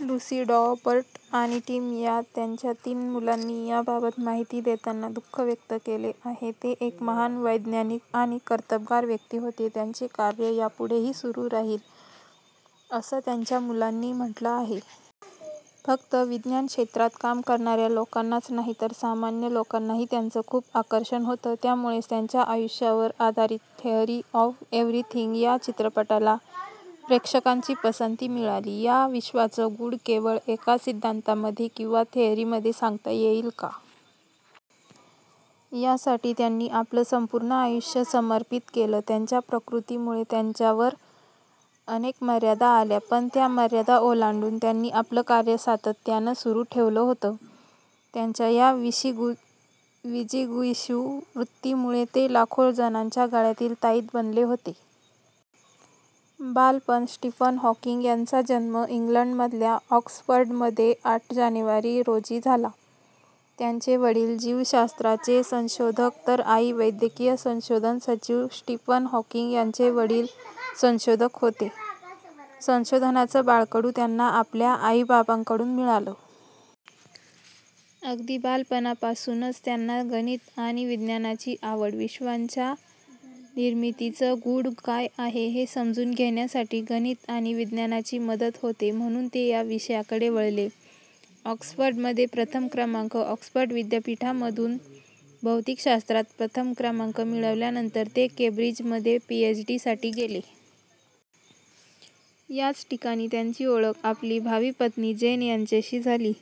Lucy, Robert आणि Tim या त्यांच्या तीन मुलांनी याबाबत माहिती देताना दुःख व्यक्त केलं आहे. ते एक महान वैज्ञानिक आणि कर्तबगार व्यक्ती होते, त्यांच कार्य यापुढेही सुरू राहील, असं त्यांच्या मुलांनी म्हटलं आहे. फक्त विज्ञान क्षेत्रात काम करणाऱ्या लोकांनाच नाही तर सामान्य लोकांनाही त्यांचं खूप आकर्षण होतं. त्यामुळेच त्यांच्या आयुष्यावर आधारित थेअरी ऑफ एव्हरीथिंग या चित्रपटाला प्रेक्षकांची पसंती मिळाली. या विश्वाचं गूढ केवळ एका सिद्धांतामध्ये किंवा थेअरीमध्ये सांगता येईल का? यासाठी त्यांनी आपलं संपूर्ण आयुष्य समर्पित केलं. त्यांच्या प्रकृतीमुळं त्यांच्यावर अनेक मर्यादा आल्या, पण त्या मर्यादा ओलांडून त्यांनी आपलं कार्य सातत्यानं सुरू ठेवलं होतं. त्यांच्या या विजिगीषू वृत्तीमुळेच ते लाखो जणांच्या गळ्यातील ताईत बनले होते. बालपण स्टीफन हॉकिंग यांचा जन्म इंग्लंडमधल्या ऑक्सफर्डमध्ये आठ जानेवारी रोजी झाला. त्यांचे वडील जीवशास्त्राचे संशोधक तर आई वैद्यकीय संशोधन सचिव. स्टीफन हॉकिंग यांचे वडील संशोधक होते. संशोधनाचं बाळकडू त्यांना आपल्या आई बाबांकडून मिळालं. अगदी बालपणापासूनच त्यांना गणित आणि विज्ञानाची आवड. विश्वाच्या निर्मितीचं गूढ काय आहे हे समजून घेण्यासाठी गणित आणि विज्ञानाची मदत होते, म्हणून ते या विषयांकडे वळले. ऑक्सफर्डमध्ये प्रथम क्रमांक ऑक्सफर्ड विद्यापीठामधून भौतिकशास्त्रात प्रथम क्रमांक मिळवल्यानंतर ते केंब्रिजमध्ये पीएचडीसाठी गेले. याच ठिकाणी त्यांची ओळख आपली भावी पत्नी जेन यांच्याशी झाली.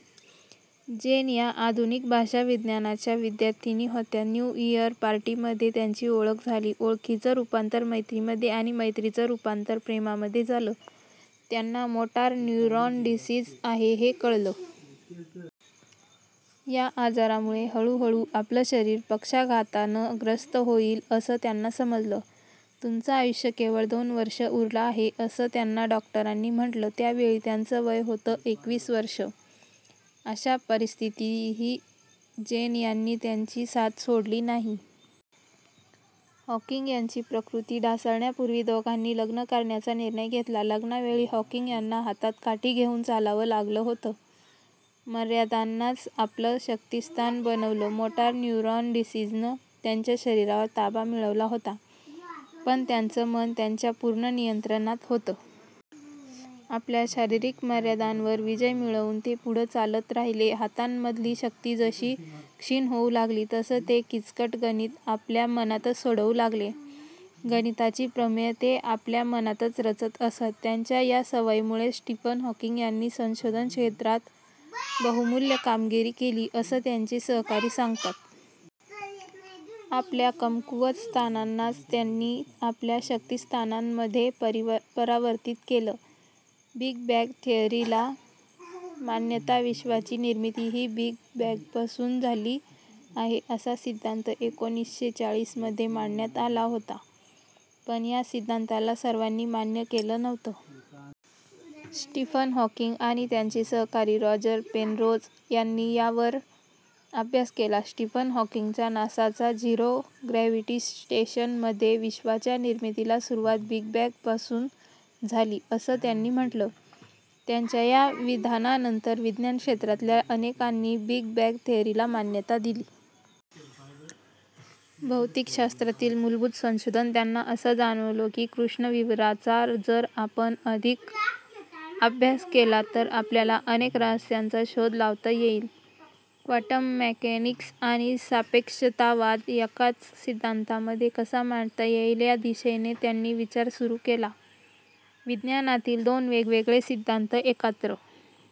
जेन या आधुनिक भाषाविज्ञानाच्या विद्यार्थिनी होत्या. न्यू इअर पार्टीमध्ये त्यांची ओळख झाली. ओळखीचं रुपांतर मैत्रीमध्ये आणि मैत्रीचं रुपांतर प्रेमामध्ये झालं. त्यांना मोटार न्यूरॉन डिसीज आहे हे कळलं. या आजारामुळे हळुहळू आपलं शरीर पक्षाघातानं ग्रस्त होईल असं त्यांना समजलं. तुमचं आयुष्य केवळ दोन वर्ष उरलं आहे, असं त्यांना डॉक्टरांनी म्हटलं. त्यावेळी त्यांचं वय होतं एकवीस वर्षं. अशा परिस्थितीही जेन यांनी त्यांची साथ सोडली नाही. हॉकिंग यांची प्रकृती ढासळण्यापूर्वी दोघांनी लग्न करण्याचा निर्णय घेतला. लग्नावेळी हॉकिंग यांना हातात काठी घेऊन चालावं लागलं होतं. मर्यादांनाच आपलं शक्तिस्थान बनवलं मोटार न्यूरॉन डिसीजनं त्यांच्या शरीरावर ताबा मिळवला होता, पण त्यांचं मन त्यांच्या पूर्ण नियंत्रणात होतं. आपल्या शारीरिक मर्यादांवर विजय मिळवून ते पुढं चालत राहिले. हातांमधली शक्ती जशी क्षीण होऊ लागली तसं ते किचकट गणितं आपल्या मनातच सोडवू लागले. गणिताची प्रमेयं ते आपल्या मनातच रचत असत. त्यांच्या या सवयीमुळेच स्टीफन हॉकिंग यांनी संशोधन क्षेत्रात बहुमूल्य कामगिरी केली, असं त्यांचे सहकारी सांगतात. आपल्या कमकुवत स्थानांनाच त्यांनी आपल्या शक्तिस्थानांमध्ये परावर्तित केलं. बिग बॅंग थेअरीला मान्यता विश्वाची निर्मिती ही बिग बॅंगपासून झाली आहे असा सिद्धांत एकोणीसशे चाळीसमध्ये मांडण्यात आला होता. पण या सिद्धांताला सर्वांनी मान्य केलं नव्हतं. स्टीफन हॉकिंग आणि त्यांचे सहकारी रॉजर पेनरोज यांनी यावर अभ्यास केला. स्टीफन हॉकिंग नासाच्या झिरो ग्रॅव्हिटी स्टेशनमध्ये. विश्वाच्या निर्मितीला सुरुवात बिग बॅंगपासून झाली असं त्यांनी म्हटलं. त्यांच्या या विधानानंतर विज्ञान क्षेत्रातल्या अनेकांनी बिग बॅंग थेअरीला मान्यता दिली. भौतिकशास्त्रातील मूलभूत संशोधन त्यांना असं जाणवलं की, कृष्णविवराचा जर आपण अधिक अभ्यास केला तर आपल्याला अनेक रहस्यांचा शोध लावता येईल. क्वांटम मेकॅनिक्स आणि सापेक्षतावाद एकाच सिद्धांतामध्ये कसा मांडता येईल या दिशेनं त्यांनी विचार सुरू केला. विज्ञानातील दोन वेगवेगळे सिद्धांत एकत्र